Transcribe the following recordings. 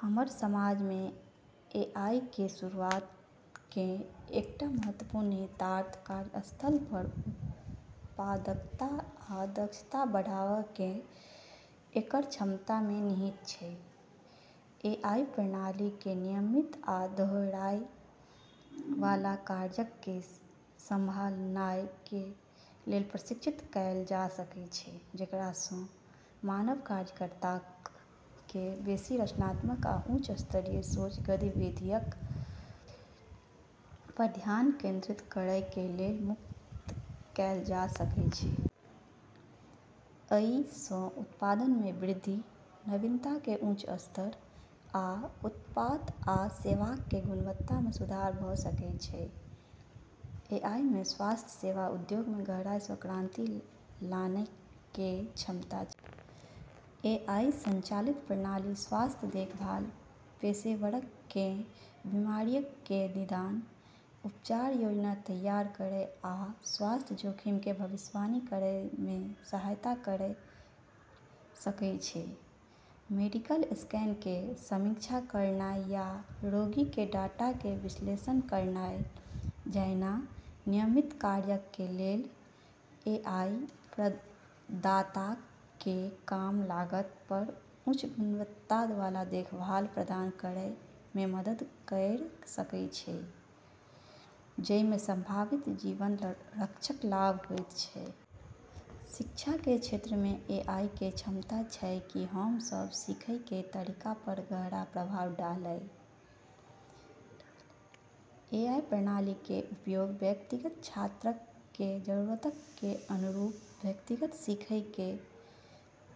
हमर समाज मे एआई कें शुरूआत कें एकटा महत्वपूर्ण निहितार्थ कार्यस्थल पर उत्पादकता आ दक्षता बढ़ावा कें एकर क्षमता मे निहित छै। एआई प्रणाली कें नियमित आ दोहराएय वाला कार्यक कें संभालनाय कें लेल प्रशिक्षित कैल जा सकय छै, जेकरा सं मानव कार्यकर्ताक कें बेसि रचनात्मक आ उच्च स्तरीय सोच गतिविधियक पर ध्यान केंद्रित करय कें लेल मुक्त कैल जा सकय छै। अइ सं उत्पादन मे वृद्धि, नवीनता कें उच्च स्तर, आ उत्पाद आ सेवाक कें गुणवत्ता मे सुधार भ सकय छै। एआई मे स्वास्थ्य सेवा उद्योग मे गहराई स क्रांति लानै के क्षमता छै। एआई संचालित प्रणाली स्वास्थ्य देखभाल पेशेवरक कें बीमारियक कें निदान, उपचार योजना तैयार करय आ स्वास्थ्य जोखिम कें भविष्यवाणी करय मे सहायता कयर सकय छै। मेडिकल स्कैन कें समीक्षा करनाय या रोगी कें डाटा कें विश्लेषण करनाय जैना नियमित कार्यक कें लेल, एआई प्रदाताक कें कम लागत पर उच्च गुणवत्ता वाला देखभाल प्रदान करय मे मदद कयर सकय छै, जइ मे संभावित जीवन रक्षक लाभ होयत छै। शिक्षा के क्षेत्र में एआई के क्षमता छै कि हम सब सीखै के तरीका पर गहरा प्रभाव डालै। एआई प्रणालीक कें उपयोग व्यक्तिगत छात्रक कें जरूरतक कें अनुरूप व्यक्तिगत सीखय कें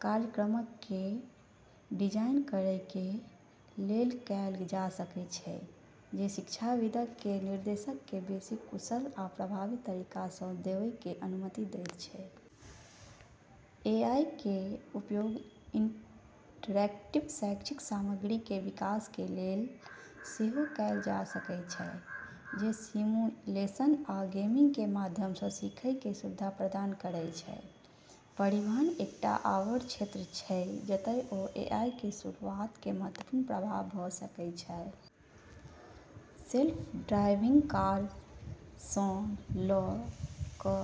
कार्यक्रमक कें डिजाइन करय कें लेल कैल जा सकय छै, जे शिक्षाविदक कें निर्देशक कें बेसि कुशल आ प्रभावी तरीका सं देवय कें अनुमति देयत छै। एआई कें उपयोग इंटरैक्टिव शैक्षिक सामग्री कें विकास कें लेल सेहो कैल जा सकय छै, जे सिमुलेशन आ गेमिंग कें माध्यम सं सीखय कें सुविधा प्रदान करय छै। परिवहन एकटा आओर क्षेत्र छै जतय ओ एआई कें शुरूआत कें महत्वपूर्ण प्रभाव भ सकय छै। सेल्फ ड्राइविंग कार सं ल क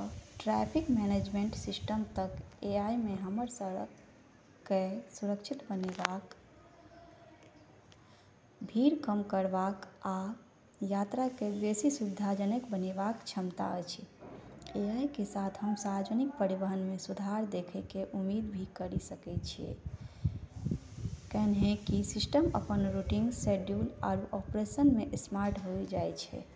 ट्रैफिक मैनेजमेंट सिस्टम तक एआई मे हमर सड़क कए सुरक्षित बनेबाक, भीड़ कम करबाक, आ यात्रा कए बेसी सुविधाजनक बनेबाक क्षमता अछि। एआई के साथ हम सार्वजनिक परिवहन मे सुधार देखै के उम्मीद भी करी सकै छियै, कैन्हेंकि सिस्टम अपन रूटिंग, शेड्यूलिंग, आरू ऑपरेशन मे स्मार्ट होय जाय छै।